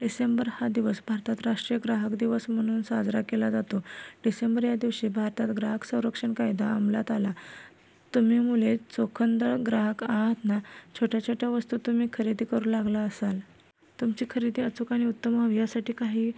डिसेंबर हा दिवस भारतात 'राष्ट्रीय ग्राहक दिन' म्हणून साजरा केला जातो. डिसेंबर या दिवशी, भारतात 'ग्राहक संरक्षण कायदा' अमलात आला. तुम्ही मुले चोखंदळ ग्राहक आहात ना? छोट्या छोट्या वस्तू तुम्ही खरेदी करू लागला असाल. तुमची खरेदी अचूक आणि उत्तम व्हावी, यासाठी या काही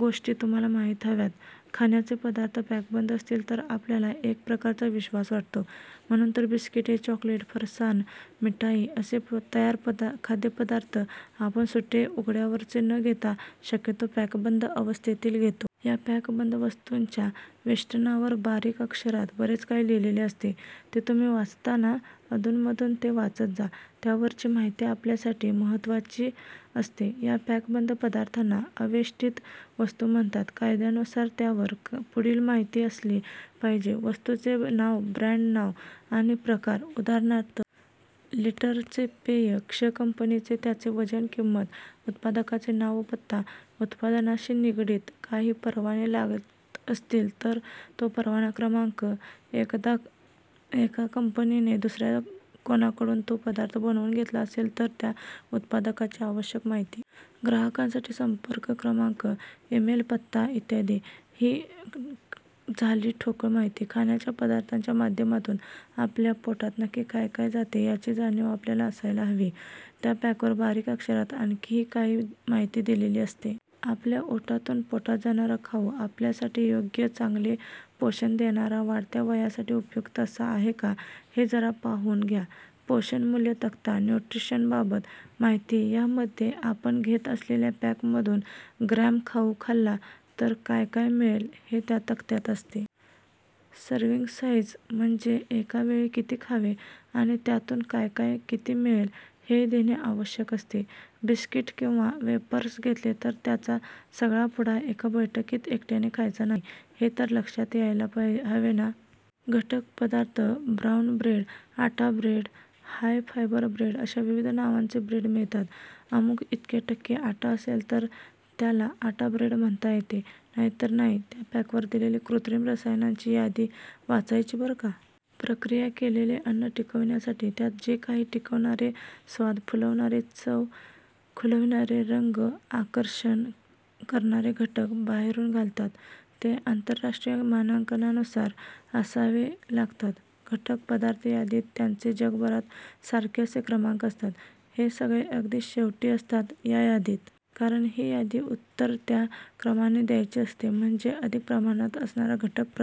गोष्टी तुम्हांला माहीत हव्यात. खाण्याचे पदार्थ पॅकबंद असतील तर आपल्याला एक प्रकारचा विश्वास वाटतो. म्हणून तर बिस्किटे, चॉकलेट, फरसाण, मिठाई असे तयार खाद्यपदार्थ आपण सुटे, उघड्यावरचे न घेता, शक्यतो पॅकबंद अवस्थेतील घेतो. या पॅकबंद वस्तूंच्या वेष्टनावर बारीक अक्षरांत बरेच काही लिहिलेले असते. ते तुम्ही वाचता ना? अधूनमधून ते वाचत जा. त्यावरची माहिती आपल्यासाठी महत्त्वाची असते. या पॅकबंद पदार्थांना आवेष्टित वस्तू म्हणतात. कायद्यानुसार त्यावर पुढील माहिती असली पाहिजे: वस्तूचे नाव ब्रँड नाव आणि प्रकार- उदा. लिटरचे पेय, 'क्ष' कंपनीचे त्याचे वजन- किंमत- उत्पादकाचे नाव व पत्ता. उत्पादनाशी निगडित काही परवाने लागत असतील तर तो परवाना क्रमांक. एका कंपनीने दुसऱ्या कोणाकडून तो पदार्थ बनवून घेतला असेल, तर त्या उत्पादकाची आवश्यक माहिती. ग्राहकांसाठी संपर्क क्रमांक, इमेल, पत्ता, इ. ही झाली ठोकळ माहिती. खाण्याच्या पदार्थांच्या माध्यमातून आपल्या पोटात नक्की काय काय जाते, याची जाणीव आपल्याला असावी म्हणून त्या पॅकवर बारीक अक्षरांत आणखीही काही माहिती दिलेली असते. आपल्या ओठांतून पोटात जाणारा खाऊ आपल्यासाठी योग्य, चांगले पोषण देणारा, वाढत्या वयासाठी उपयुक्त असा आहे का, हे जरा पाहून घ्या.. पोषण मूल्य तक्ता- न्युट्रिशनबाबत माहिती: यामध्ये आपण घेत असलेल्या पॅकमधून ग्रॅम खाऊ खाल्ला तर काय काय मिळेल हे त्या तक्त्यात असते. सव्र्हिंग साइझ- म्हणजे एका वेळी किती खावे आणि त्यातून काय काय, किती मिळेल, हेही देणे आवश्यक असते. बिस्कीट किंवा वेफर्स घेतले तर त्याचा सगळा पुडा एका बैठकीत एकट्याने खायचा नाही, हे तर लक्षात घ्यायला हवे ना!. घटक पदार्थ- ब्राऊन ब्रेड, आटा ब्रेड, हाय फायबर ब्रेड अशा विविध नावांचे ब्रेड मिळतात. अमुक इतके टक्के आटा असेल तर त्याला आटा ब्रेड म्हणता येते, नाहीतर नाही. त्या पॅकवर दिलेली कृत्रिम रसायनांची यादी वाचायची बरं का! प्रक्रिया केलेले अन्न टिकविण्यासाठी त्यात जे काही टिकवणारे, स्वाद फुलवणारे, चव खुलविणारे, रंग आकर्षक करणारे घटक बाहेरून घालतात, ते आंतरराष्ट्रीय मानकांनुसार असावे लागतात. घटक पदार्थ यादीत त्यांचे जगभरात सारखे असे क्रमांक असतात. हे सगळे अगदी शेवटी असतात त्या यादीत. कारण ही यादी उतरत्या क्रमाने द्यायची असते. म्हणजे अधिक प्रमाणात असणारा घटक प्रथम